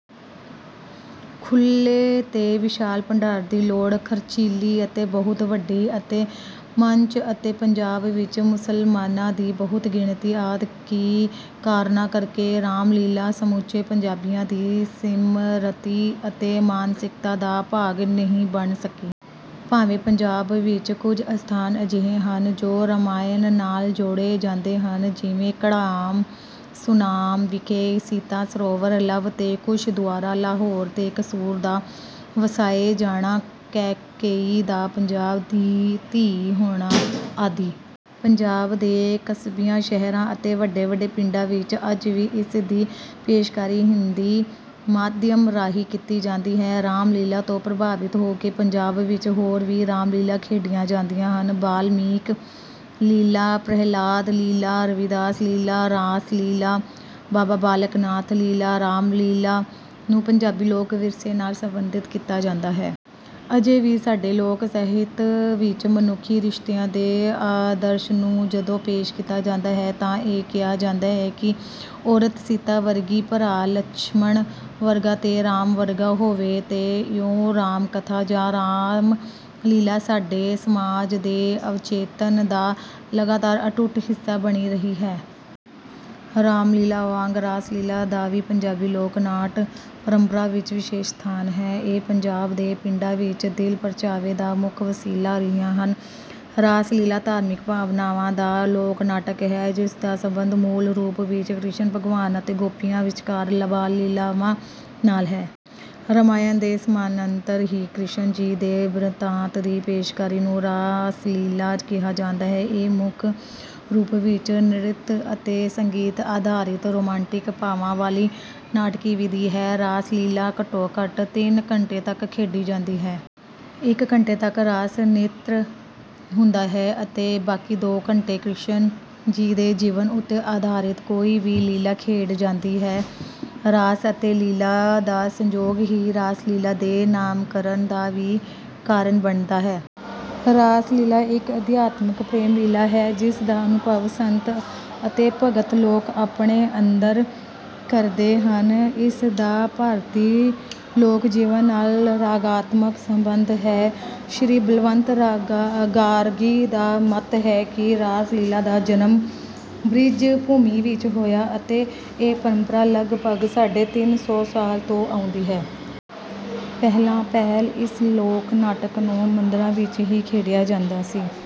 ਖੁੱਲ੍ਹੇ ਤੇ ਵਿਸ਼ਾਲ ਪੰਡਾਲ ਦੀ ਲੋੜ, ਖ਼ਰਚੀਲੀ ਅਤੇ ਬਹੁਤ ਵੱਡੀ ਅਤੇ ਮੰਚ ਅਤੇ ਪੰਜਾਬ ਵਿੱਚ ਮੁਸਲਮਾਨਾਂ ਦੀ ਬਹੁਤ-ਗਿਣਤੀ ਆਦਿ ਕੀ ਕਾਰਨਾਂ ਕਰਕੇ ਰਾਮ-ਲੀਲ੍ਹਾ ਸਮੁੱਚੇ ਪੰਜਾਬੀਆਂ ਦੀ ਸਿਮਰਤੀ ਅਤੇ ਮਾਨਸਿਕਤਾ ਦਾ ਭਾਗ ਨਹੀਂ ਬਣ ਸਕੀ। ਭਾਵੇਂ ਪੰਜਾਬ ਵਿੱਚ ਕੁਝ ਅਸਥਾਨ ਅਜਿਹੇ ਹਨ, ਜੋ ਰਾਮਾਇਣ ਨਾਲ ਜੋੜੇ ਜਾਂਦੇ ਹਨ। ਜਿਵੇਂ: ਘੜਾਮ, ਸੁਨਾਮ ਵਿਖੇ ਸੀਤਾ ਸਰੋਵਰ, ਲਵ ਤੇ ਕੁਸ਼ ਦੁਆਰਾ ਲਾਹੌਰ ਤੇ ਕਸੂਰ ਦਾ ਵਸਾਏ ਜਾਣਾ, ਕੈਕੇਈ ਦਾ ਪੰਜਾਬ ਦੀ ਧੀ ਹੋਣਾ ਆਦਿ। ਪੰਜਾਬ ਦੇ ਕਸਬਿਆਂ, ਸ਼ਹਿਰਾਂ ਅਤੇ ਵੱਡੇ-ਵੱਡੇ ਪਿੰਡਾਂ ਵਿੱਚ ਅੱਜ ਵੀ ਇਸ ਦੀ ਪੇਸ਼ਕਾਰੀ ਹਿੰਦੀ ਮਾਧਿਅਮ ਰਾਹੀਂ ਕੀਤੀ ਜਾਂਦੀ ਹੈ। ਰਾਮ-ਲੀਲ੍ਹਾ ਤੋਂ ਪ੍ਰਭਾਵਿਤ ਹੋ ਕੇ ਪੰਜਾਬ ਵਿੱਚ ਹੋਰ ਵੀ ਰਾਮ-ਲੀਲ੍ਹਾ ਖੇਡੀਆਂ ਜਾਂਦੀਆਂ ਹਨ। ਬਾਲਮੀਕ ਲੀਲ੍ਹਾ, ਪ੍ਰਹਿਲਾਦ ਲੀਲ੍ਹਾ, ਰਵੀਦਾਸ ਲੀਲ੍ਹਾ, ਰਾਸ-ਲੀਲ੍ਹਾ, ਬਾਬਾ ਬਾਲਕ ਨਾਥ ਲੀਲ੍ਹਾ, ਰਾਮ-ਲੀਲ੍ਹਾ ਨੂੰ ਪੰਜਾਬੀ ਲੋਕ-ਵਿਰਸੇ ਨਾਲ ਸਬੰਧਿਤ ਕੀਤਾ ਜਾਂਦਾ ਹੈ। ਅਜੇ ਵੀ ਸਾਡੇ ਲੋਕ-ਸਾਹਿਤ ਵਿੱਚ ਮਨੁੱਖੀ ਰਿਸ਼ਤਿਆਂ ਦੇ ਆਦਰਸ਼ ਨੂੰ ਜਦੋਂ ਪੇਸ਼ ਕੀਤਾ ਜਾਂਦਾ ਹੈ ਤਾਂ ਇਹ ਕਿਹਾ ਜਾਂਦਾ ਹੈ ਕਿ ਔਰਤ ਸੀਤਾ ਵਰਗੀ, ਭਰਾ ਲਛਮਣ ਵਰਗਾ ਤੇ ਰਾਮ ਵਰਗਾ ਹੋਵੇ। ਤੇ ਇਉਂ ਰਾਮ-ਕਥਾ ਜਾਂ ਰਾਮ-ਲੀਲ੍ਹਾ ਸਾਡੇ ਸਮਾਜ ਦੇ ਅਵਚੇਤਨ ਦਾ ਲਗਾਤਾਰ ਅਟੁੱਟ ਹਿੱਸਾ ਬਣੀ ਰਹੀ ਹੈ। ਰਾਮ-ਲੀਲ੍ਹਾ ਵਾਂਗ ਰਾਸ-ਲੀਲ੍ਹਾ ਦਾ ਵੀ ਪੰਜਾਬੀ ਲੋਕ-ਨਾਟ ਪਰੰਪਰਾ ਵਿੱਚ ਵਿਸ਼ੇਸ਼ ਸਥਾਨ ਹੈ। ਇਹ ਪੰਜਾਬ ਦੇ ਪਿੰਡਾਂ ਵਿੱਚ ਦਿਲ-ਪਰਚਾਵੇ ਦਾ ਮੁੱਖ ਵਸੀਲਾ ਰਹੀਆਂ ਹਨ। ਰਾਸ-ਲੀਲ੍ਹਾ ਧਾਰਮਿਕ ਭਾਵਨਾਵਾਂ ਦਾ ਲੋਕ-ਨਾਟਕ ਹੈ, ਜਿਸ ਦਾ ਸੰਬੰਧ ਮੂਲ ਰੂਪ ਵਿੱਚ ਕ੍ਰਿਸ਼ਨ ਭਗਵਾਨ ਅਤੇ ਗੋਪੀਆਂ ਵਿਚਕਾਰ ਬਾਲ-ਲੀਲ੍ਹਾਵਾਂ ਨਾਲ ਹੈ। ਰਾਮਾਇਣ ਦੇ ਸਮਾਨੰਤਰ ਹੀ ਕ੍ਰਿਸ਼ਨ ਜੀ ਦੇ ਬਿਰਤਾਂਤ ਦੀ ਪੇਸ਼ਕਾਰੀ ਨੂੰ ਰਾਸ-ਲੀਲ੍ਹਾ ਕਿਹਾ ਜਾਂਦਾ ਹੈ। ਇਹ ਮੁੱਖ ਰੂਪ ਵਿੱਚ ਨ੍ਰਿਤ ਅਤੇ ਸੰਗੀਤ ਆਧਾਰਿਤ ਰੋਮਾਂਟਿਕ ਭਾਵਾਂ ਵਾਲੀ ਨਾਟਕੀ ਵਿਧੀ ਹੈ। ਰਾਸ-ਲੀਲ੍ਹਾ ਘੱਟੋ-ਘੱਟ ਤਿੰਨ ਘੰਟੇ ਤੱਕ ਖੇਡੀ ਜਾਂਦੀ ਹੈ। ਇੱਕ ਘੰਟੇ ਤੱਕ ਰਾਸ-ਨਿਤਰ ਹੁੰਦਾ ਹੈ ਅਤੇ ਬਾਕੀ ਦੋ ਘੰਟੇ ਕ੍ਰਿਸ਼ਨ ਜੀ ਦੇ ਜੀਵਨ ਉੱਤੇ ਆਧਾਰਿਤ ਕੋਈ ਵੀ ਲੀਲ੍ਹਾ ਖੇਡੀ ਜਾਂਦੀ ਹੈ। "ਰਾਸ ਅਤੇ ਲੀਲ੍ਹਾ ਦਾ ਸੰਜੋਗ ਹੀ ਰਾਸ-ਲੀਲ੍ਹਾ ਦੇ ਨਾਮਕਰਨ ਦਾ ਵੀ ਕਾਰਨ ਬਣਦਾ ਹੈ।" ਰਾਸ-ਲੀਲ੍ਹਾ ਇੱਕ ਅਧਿਆਤਮਕ ਪ੍ਰੇਮ-ਲੀਲ੍ਹਾ ਹੈ, ਜਿਸ ਦਾ ਅਨੁਭਵ ਸੰਤ ਅਤੇ ਭਗਤ ਲੋਕ ਆਪਣੇ ਅੰਦਰ ਕਰਦੇ ਹਨ। ਇਸ ਦਾ ਭਾਰਤੀ ਲੋਕ-ਜੀਵਨ ਨਾਲ ਰਾਗਾਤਮਕ ਸੰਬੰਧ ਹੈ। ਸ੍ਰੀ ਬਲਵੰਤ ਗਾਰਗੀ ਦਾ ਮੱਤ ਹੈ ਕਿ, "ਰਾਸ-ਲੀਲ੍ਹਾ ਦਾ ਜਨਮ ਬ੍ਰਿਜ-ਭੂਮੀ ਵਿੱਚ ਹੋਇਆ ਅਤੇ ਇਹ ਪਰੰਪਰਾ ਲਗਭਗ ਸਾਢੇ ਤਿੰਨ ਸੌ ਸਾਲ ਤੋਂ ਆਉਂਦੀ ਹੈ।" ਪਹਿਲਾਂ-ਪਹਿਲ ਇਸ ਲੋਕ-ਨਾਟਕ ਨੂੰ ਮੰਦਰਾਂ ਵਿੱਚ ਹੀ ਖੇਡਿਆ ਜਾਂਦਾ ਸੀ